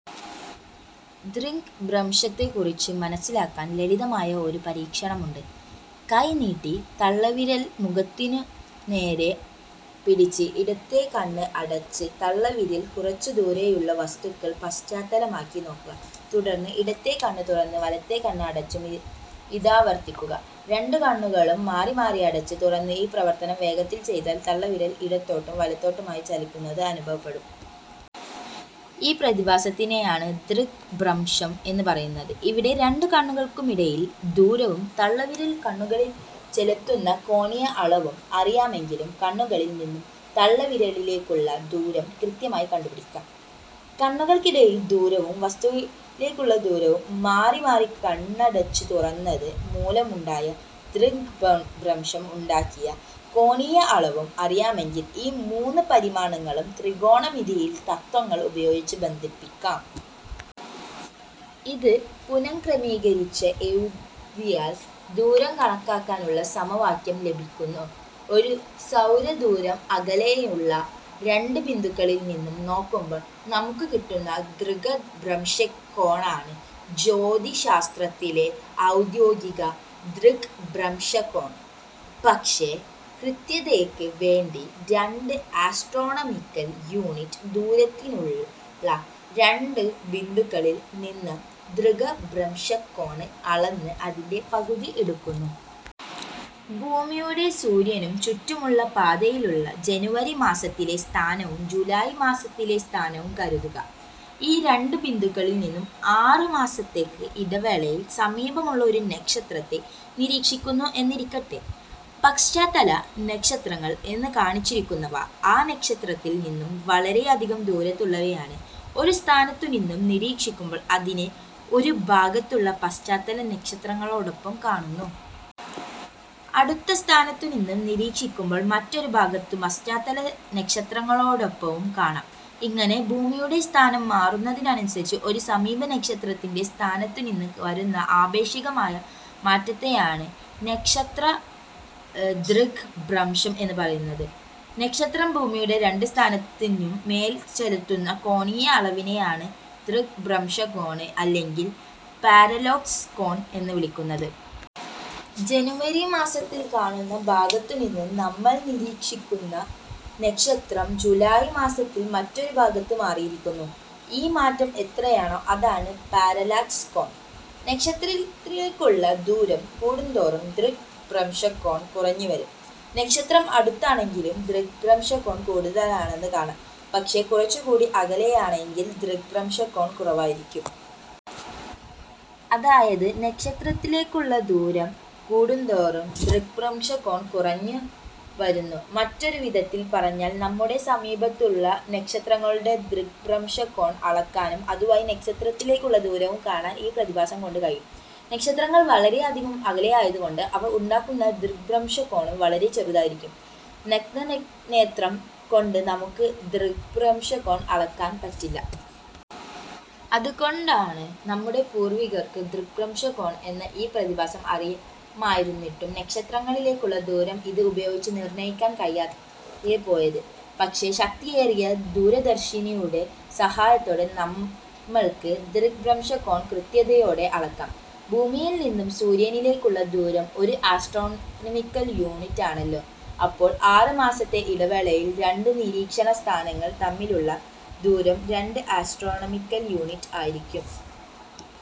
ദൃഗ്ഭ്രംശത്തെക്കുറിച്ച് മനസ്സിലാക്കാൻ ലളിതമായ ഒരു പരീക്ഷണമുണ്ട്. കൈ നീട്ടി തള്ളവിരൽ മുഖത്തിനു നേരെ പിടിച്ച് ഇടത്തേ കണ്ണ് അടച്ച് തള്ളവിരൽ കുറച്ചുദൂരെയുള്ള വസ്തുക്കളെ പശ്ചാത്തലമാക്കി നോക്കുക. തുടർന്ന് ഇടത്തേ കണ്ണ് തുറന്ന് വലത്തേ കണ്ണ് അടച്ചും ഇതാവർത്തിക്കുക. രണ്ടു കണ്ണുകളും മാറി മാറി അടച്ചു തുറന്ന് ഈ പ്രവർത്തനം വേഗത്തിൽ ചെയ്താൽ തള്ളവിരൽ ഇടത്തോട്ടും വലത്തോട്ടുമായി ചലിക്കുന്നത് അനുഭവപ്പെടും. ഈ പ്രതിഭാസത്തേയാണ് ദൃഗ്ഭ്രംശം എന്ന് പറയുന്നത്. ഇവിടെ, രണ്ടു കണ്ണുകൾക്കിടയിൽ ദൂരവും തള്ളവിരൽ കണ്ണുകളിൽ ചെലുത്തുന്ന കോണീയ അളവും അറിയാമെങ്കിൽ കണ്ണുകളിൽ നിന്ന് തള്ളവിരലിലേക്കുള്ള ദൂരം കൃത്യമായി കണ്ടുപിടിക്കാം. കണ്ണുകൾക്കിടയിലുള്ള ദൂരവും, വസ്തുവിലേക്കുള്ള ദൂരവും, മാറി മാറി കണ്ണടച്ചു തുറന്നത് മൂലമുണ്ടായ ദൃഗ്ഭഭ്രംശം ഉണ്ടാക്കിയത് കോണീയ അളവും അറിയാമെങ്കിൽ, ഈ മൂന്ന് പരിമാണങ്ങളും ത്രികോണമിതിയിലെ തത്ത്വങ്ങൾ ഉപയോഗിച്ച് ബന്ധിപ്പിക്കാം. ഇത് പുനഃക്രമീകരിച്ച് എഴുതിയാൽ ദൂരം കണക്കാക്കാനുള്ള സമവാക്യം ലഭിക്കുന്നു. ഒരു സൗരദൂരം അകലെയുള്ള രണ്ട് ബിന്ദുക്കളിൽ നിന്ന് നോക്കുമ്പോൾ നമുക്ക് കിട്ടുന്ന ദൃഗ്ഭ്രംശകോണാണ് ജ്യോതിശാസ്ത്രത്തിലെ ഔദ്യോഗിക ദൃഗ്ഭ്രംശകോൺ. പക്ഷേ കൃത്യതയ്ക്ക് വേണ്ടി രണ്ട് ആസ്ട്രോണമിക്കൽ യൂണിറ്റ് ദൂരത്തുനിന്നുള്ള രണ്ട് ബിന്ദുക്കളിൽ നിന്ന് ദൃഗ്ഭ്രംശകോൺ അളന്ന് അതിൻ്റെ പകുതി എടുക്കുന്നു. ഭൂമിയുടെ സൂര്യനു ചുറ്റുമുള്ള പാതയിലുള്ള ജനുവരി മാസത്തിലെ സ്ഥാനവും ജൂലൈ മാസത്തിലെ സ്ഥാനവും കരുതുക. ഈ രണ്ട് ബിന്ദുക്കളിൽ നിന്ന് ആറ് മാസത്തേക്ക് ഇടവേളയിൽ സമീപമുള്ള ഒരു നക്ഷത്രത്തെ നിരീക്ഷിക്കുന്നു എന്നിരിക്കട്ടെ. പശ്ചാത്തല നക്ഷത്രങ്ങൾ എന്ന് കാണിച്ചിരിക്കുന്നവ ആ നക്ഷത്രത്തിൽ നിന്നും വളരെയധികം ദൂരത്തുള്ളവയാണ്. ഒരു സ്ഥാനത്തുനിന്ന് നിരീക്ഷിക്കുമ്പോൾ അതിനെ ഒരു ഭാഗത്തുള്ള പശ്ചാത്തല നക്ഷത്രങ്ങളോടൊപ്പം കാണുന്നു. അടുത്ത സ്ഥാനത്തുനിന്ന് നിരീക്ഷിക്കുമ്പോൾ മറ്റൊരു ഭാഗത്ത് പശ്ചാത്തല നക്ഷത്രങ്ങളോടൊപ്പവും കാണാം. ഇങ്ങനെ ഭൂമിയുടെ സ്ഥാനം മാറുന്നതിനനുസരിച്ച് ഒരു സമീപ നക്ഷത്രത്തിൻ്റെ സ്ഥാനത്തിനു വരുന്ന ആപേക്ഷികമായ മാറ്റത്തെയാണ് നക്ഷത്ര ദൃഗ്ഭ്രംശം എന്ന് പറയുന്നത്. നക്ഷത്രം ഭൂമിയുടെ രണ്ട് സ്ഥാനത്തിനും മേൽ ചെലുത്തുന്ന കോണീയ അളവിനെയാണ് ദൃഗ്ഭ്രംശകോണ് അല്ലെങ്കിൽ പാരലാക്സ് കോൺ എന്ന് വിളിക്കുന്നത്. ജനുവരി മാസത്തിൽ കാണുന്ന ഭാഗത്തു നിന്ന് നമ്മൾ നിരീക്ഷിക്കുന്ന നക്ഷത്രം ജൂലൈ മാസത്തിൽ മറ്റൊരു ഭാഗത്ത് മാറിയിരിക്കുന്നു. ഈ മാറ്റം എത്രയാണോ അതാണ് പാരലാക്സ് കോൺ. നക്ഷത്രത്തിലേക്കുള്ള ദൂരം കൂടുംതോറും ദൃഗ്ഭ്രംശകോൺ കുറഞ്ഞുവരും. നക്ഷത്രം അടുത്താണെങ്കിൽ ദൃഗ്ഭ്രംശകോൺ കൂടുതലാണെന്ന് കാണാം. നക്ഷത്രം കുറച്ചുകൂടി അകലെയാണെങ്കിൽ ദൃഗ്ഭ്രംശകോൺ കുറവായിരിക്കും. അതായത് നക്ഷത്രത്തിലേക്കുള്ള ദൂരം കൂടും തോറും ദൃഗ്ഭ്രംശകോൺ കുറഞ്ഞു വരുന്നു. മറ്റൊരു വിധത്തിൽ പറഞ്ഞാൽ നമ്മുടെ സമീപത്തുള്ള നക്ഷത്രങ്ങളുടെ ദൃഗ്ഭ്രംശകോൺ അളക്കാനും അതുവഴി നക്ഷത്രത്തിലേക്കുള്ള ദൂരവും കാണാൻ ഈ പ്രതിഭാസം കൊണ്ട് കഴിയും. നക്ഷത്രങ്ങൾ വളരെയധികം അകലെയായതുകൊണ്ട് അവ ഉണ്ടാക്കുന്ന ദൃഗ്ഭ്രംശകോണും വളരെ ചെറുതായിരിക്കും. നഗ്നനേത്രം കൊണ്ട് നമുക്ക് ദൃഗ്ഭ്രംശകോൺ അളക്കാൻ പറ്റില്ല. അത് കൊണ്ടാണ് നമ്മുടെ പൂർവ്വികർക്ക് ദൃഗ്ഭ്രംശം എന്ന ഈ പ്രതിഭാസം അറിയുമായിരുന്നിട്ടും നക്ഷത്രങ്ങളിലേക്കുള്ള ദൂരം ഇത് ഉപയോഗിച്ച് നിർണ്ണയിക്കാൻ കഴിയാതെ പോയത്. പക്ഷേ ശക്തിയേറിയ ദൂരദർശിനിയുടെ സഹായത്തോടെ നമ്മൾക്ക് ദൃഗ്ഭ്രംശകോൺ കൃത്യതയോടെ അളക്കാം. ഭൂമിയിൽ നിന്ന് സൂര്യനിലേക്കുള്ള ദൂരം ഒരു ആസ്ട്രോമിനിക്കൽ യൂണിറ്റ് ആണല്ലോ? അപ്പോൾ ആറ് മാസത്തെ ഇടവേളയിൽ രണ്ട് നിരീക്ഷണ സ്ഥാനങ്ങൾ തമ്മിലുള്ള ദൂരം രണ്ട് ആസ്ട്രോണമിക്കൽ യൂണിറ്റ് ആയിരിക്കും.